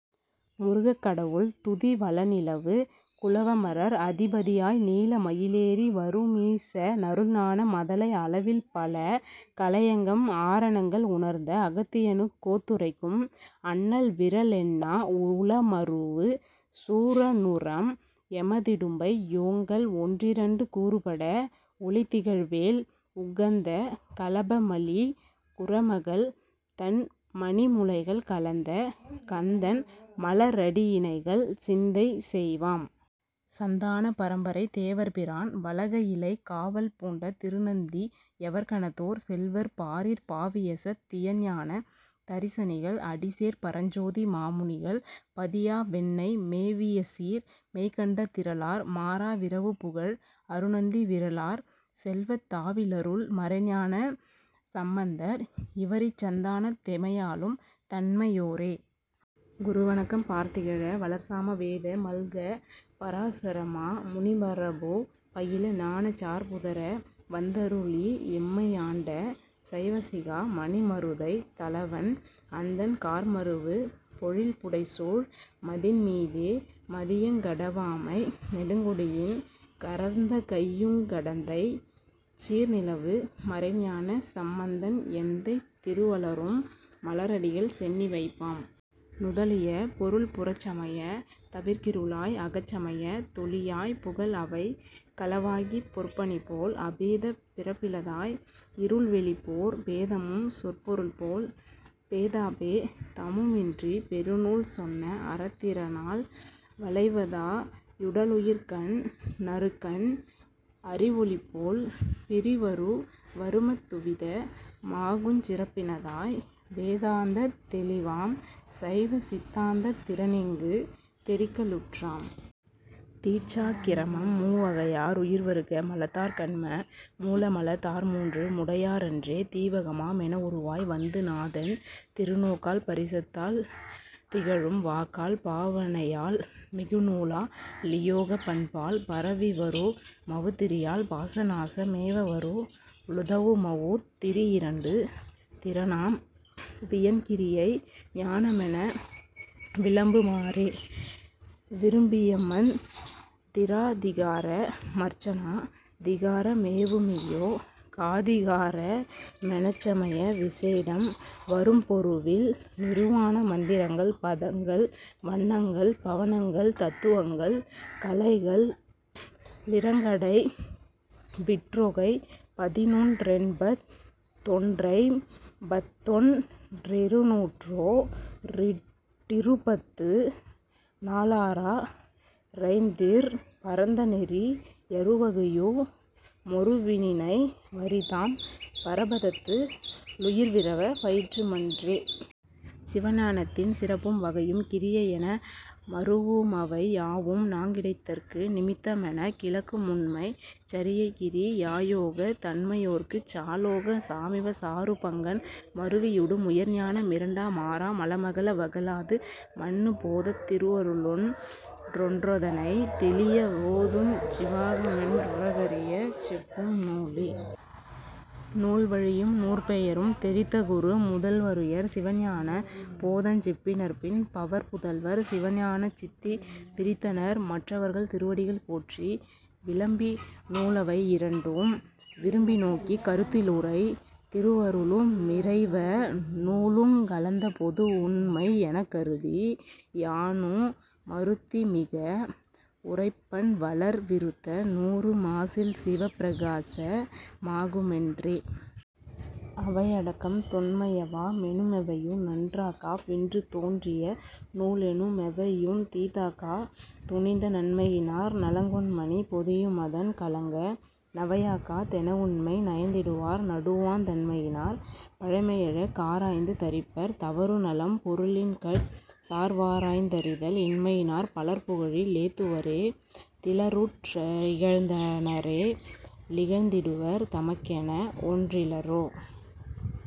முருகக்கடவுள் துதி வளநிலவு குலவமரர் அதிபதியாய் நீல மயிலேறி வருமீச னருள்ஞான மதலை அளவில்பல கலையங்கம் ஆரணங்கள் உணர்ந்த அகத்தியனுக் கோத்துரைக்கும் அண்ணல்விறலெண்ணா உளமருவு சூரனுரம் எமதிடும்பை யோங்கல் ஒன்றிரண்டு கூறுபட வொளிதிகழ்வேல் உகந்த களபமலி குறமகள்தன் மணிமுலைகள் கலந்த கந்தன்மல ரடியிணைகள் சிந்தை செய்வாம். சந்தான பரம்பரை தேவர்பிரான் வளகயிலைக் காவல் பூண்ட திருநந்தி யவர்கணத்தோர் செல்வர் பாரிற் பாவியசத் தியஞான தரிசனிகள் அடிசேர் பரஞ்சோதி மாமுனிகள் பதியா வெண்ணை மேவியசீர் மெய்கண்ட திறலார் மாறா விரவுபுகழ் அருணந்தி விறலார் செல்வத் தாவிலருள் மறைஞான சம்பந்தர் இவரிச் சந்தானத் தெமையாளும் தன்மை யோரே. குரு வணக்கம் பார்திகழ வளர்சாம வேத மல்கப் பராசரமா முனிமரபு பயில ஞானச் சார்புதர வந்தருளி எம்மை யாண்ட சைவசிகா மணிமருதைத் தலவன் அந்தன் கார்மருவு பொழில்புடைசூழ் மதின்மீதே மதியங் கடவாமை நெடுங்கொடியின் கரந்தகையுங் கடந்தைச் சீர்நிலவு மறைஞான சம்பந்தன் எந்தை திருவளரும் மலரடிகள் சென்னி வைப்பாம். நுதலிய பொருள் புறச்சமயத் தவிர்க்கிருளாய் அகச்சமயத் தொளியாய்ப் புகல் அவைக் களவாகிப் பொற்பணிபோல் அபேதப் பிறப்பிலதாய் இருள்வெளிபோற் பேதமும் சொற் பொருள்போல் பேதாபே தமும் இன்றிப் பெருநூல் சொன்ன அறத்திறனால் வளைவதா யுடலுயிர்கண் ணருக்கன் அறிவொளிபோல் பிறிவருவருமத் துவித மாகுஞ் சிறப்பினதாய் வேதாந்தத் தெளிவாம் சைவ சித்தாந்தத் திறன்இங்குத் தெரிக்கலுற்றாம். தீட்சாக்கிரமம் மூவகையா ருயிர்வருக்க மலத்தார் கன்ம மூலமலத் தார்மூன்று முடையாரன்றே தீவகமா மெனவுருவாய் வந்து நாதன் திருநோக்கால் பரிசத்தால் திகழும் வாக்கால் பாவனையால் மிகுநூலா லியோகப் பண்பால் பரவிவரு மவுத்திரியால் பாச நாச மேவவரு ளுதவுமவுத் திரியிரண்டு திறனாம் வியன்கிரியை ஞானமென விளம்பு மாறே. விரும்பியமந் திராதிகார மர்ச்சனா திகார மேவுமியோ காதிகார மெனச்சமய விசேடம் வரும்பொருவில் நிருவாண மந்திரங்கள் பதங்கள் வன்னங்கள் பவனங்கள் தத்துவங்கள் கலைகள் ளிரங்கடைவிற்றொகைபதினொன் றெண்பத் தொன்றைம்பத்தொன் றிருநூற்றோ டிருபத்து நாலாறா றைந்திற் பரந்தநெறி யறுவகையு மொருவிநினை வரிதாம் பரபதத்து ளுயிர்விரவப் பயிற்று மன்றே. சிவஞானத்தின் சிறப்பும் வகையும் கிரியையென மருவுமவை யாவும் ஞாங் கிடைத்தற்கு நிமித்தமெனக்கிளக்குமுண்மைச் சரியைகிரி யாயோகத் தன்மையோர்க்குச் சாலோக சாமீப சாரூ பங்கண் மருவியிடு முயர்ஞான மிரண்டா மாறா மலமகல வகலாது மன்னு போதத் திருவருளொன் றொன்றதனைத் தெளிய வோதுஞ் சிவாகமமென் றுலகறியச் செப்பும் நூலே. நூல்வழியும் நூற்பெயரும் தெரித்தகுரு முதல்வருயர் சிவஞான போதஞ் செப்பினர்பின் பவர்புதல்வர் சிவஞான சித்தி விரித்தனர்மற் றவர்கள்திரு வடிகள் போற்றி விளம்பிநூ லவையிரண்டும் விரும்பினோக்கிக் கருத்திலுறை திருவருளு மிறைவ னூலுங் கலந்துபொது வுண்மையெனக் கருதி யானு மருத்திமிக வுரைப்பன்வளர் விருத்த நூறு மாசில்சிவப் பிரகாச மாகு மென்றே. அவையடக்கம் தொன்மையவா மெனுமெவையு நன்றாகா வின்று தோன்றியநூ லெனுமெவையுந் தீதாகா துணிந்த நன்மையினார் நலங்கொண்மணி பொதியுமதன் களங்க நவையாகா தெனவுண்மை நயந்திடுவார் நடுவாந் தன்மையினார் பழமையழ காராய்ந்து தரிப்பர் தவறுநலம் பொருளின்கட் சார்வாராய்ந்தறிதல் இன்மையினார் பலர்புகழி லேத்துவரே திலருற் றிகழ்ந்தனரே லிகழ்ந்திடுவர் தமக்கென வொன் றிலரோ.